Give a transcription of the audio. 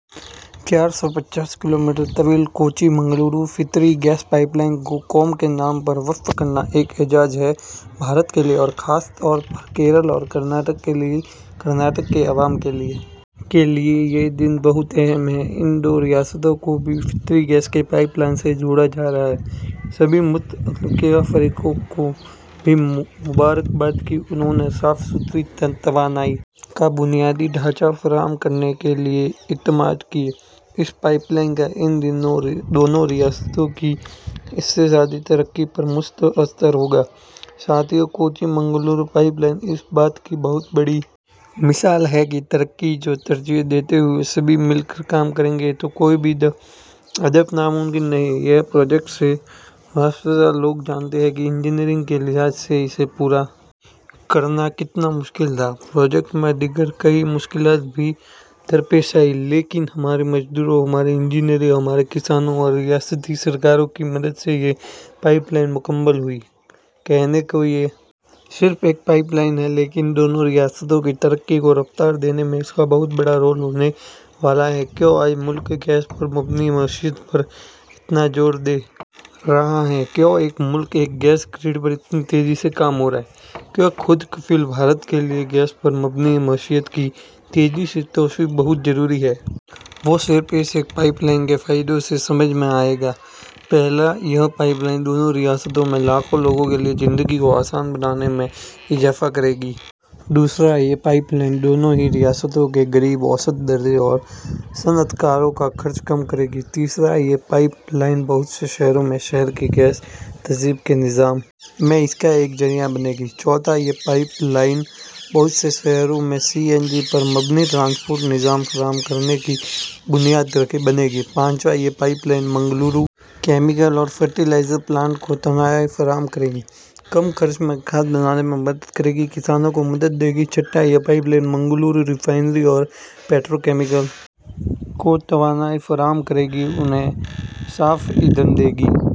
چار سو پچاس کلو میٹر طویل کوچی مینگلورو قدرتی گیس پائپ لائن کو قوم کے نام وقف کرنا ایک اعزاز ہے بھارت کے لیے اور خاص طور پر کیرلہ اور کرناٹک کے عوام کے لیے یہ دن بہت اہم ہے ان دو ریاستوں کو قدرتی گیس کے پائپ لائن سے جوڑا جا رہا ہے سبھی متعلقہ فریقوں کو بھی مبارکباد کہ انہوں نے صاف ستھری توانائی کا بنیادی ڈھانچہ فراہم کرنے کے لیے اقدامات کیے اس پائپ لائن کا ان دونوں ریاستوں کی اقتصادی ترقی پر مثبت اثر ہوگا ساتھیو کوچی مینگلورو پائپ لائن اس بات کی بہت بڑی مثال ہے کہ ترقی کو ترجیح دیتے ہوئے سبھی مل کر کام کریں تو کوئی بھی ہدف ناممکن نہیں یہ پروجیکٹ سے وابستہ لوگ جانتے ہیں کہ انجینئرنگ کے لحاظ سے اسے پورا کرنا کتنا مشکل تھا پروجیکٹ میں دیگر کئی مشکلات بھی درپیش آئیں لیکن ہمارے مزدوروں ہمارے انجینئروں ہمارے کسانوں اور ریاستی سرکاروں کی مدد سے یہ پائپ لائن مکمل ہوئی کہنے کو یہ صرف ایک پائپ لائن ہے لیکن دونوں ریاستوں کی ترقی کو رفتار دینے میں اس کا بہت بڑا رول ہونے والا ہے کیوں آج ملک گیس پر مبنی معیشت پر اتنا زور دے رہا ہے کیوں ایک ملک ایک گیس گرڈ پر اتنی تیزی سے کام ہو رہا ہے کیوں خود کفیل بھارت کے لیے گیس پر مبنی معیشت کی تیزی سے توسیع بہت ضروری ہے وہ صرف اس ایک پائپ لائن کے فائدوں سے سمجھ میں آ جائے گا پہلا یہ پائپ لائن دونوں ریاستوں میں لاکھوں لوگوں کے لیے زندگی کو آسان بنانے میں اضافہ کرے گی دوسرا یہ پائپ لائن دونوں ہی ریاستوں کے غریب اوسط درجے اور صنعت کاروں کا خرچ کم کرے گی تیسرا یہ پائپ لائن بہت سے شہروں میں شہر کے گیس تقسیم کے نظام میں اس کا ایک ذریعہ بنے گی چوتھا یہ پائپ لائن بہت سے شہروں میں سی این جی پر مبنی ٹرانسپورٹ نظام فراہم کرنے کی بنیاد بنے گی پانچواں یہ پائپ لائن مینگلور کیمیکل اور فرٹی لائزر پلانٹ کو توانائی فراہم کرے گی کم خرچ میں کھاد بنانے میں مدد کرے گی کسان کو مدد دے گی چھٹا یہ پائپ لائن مینگلور ریفائنری اور پیٹرو کیمیکل کو توانائی فراہم کرے گی انہیں صاف ایندھن دے گی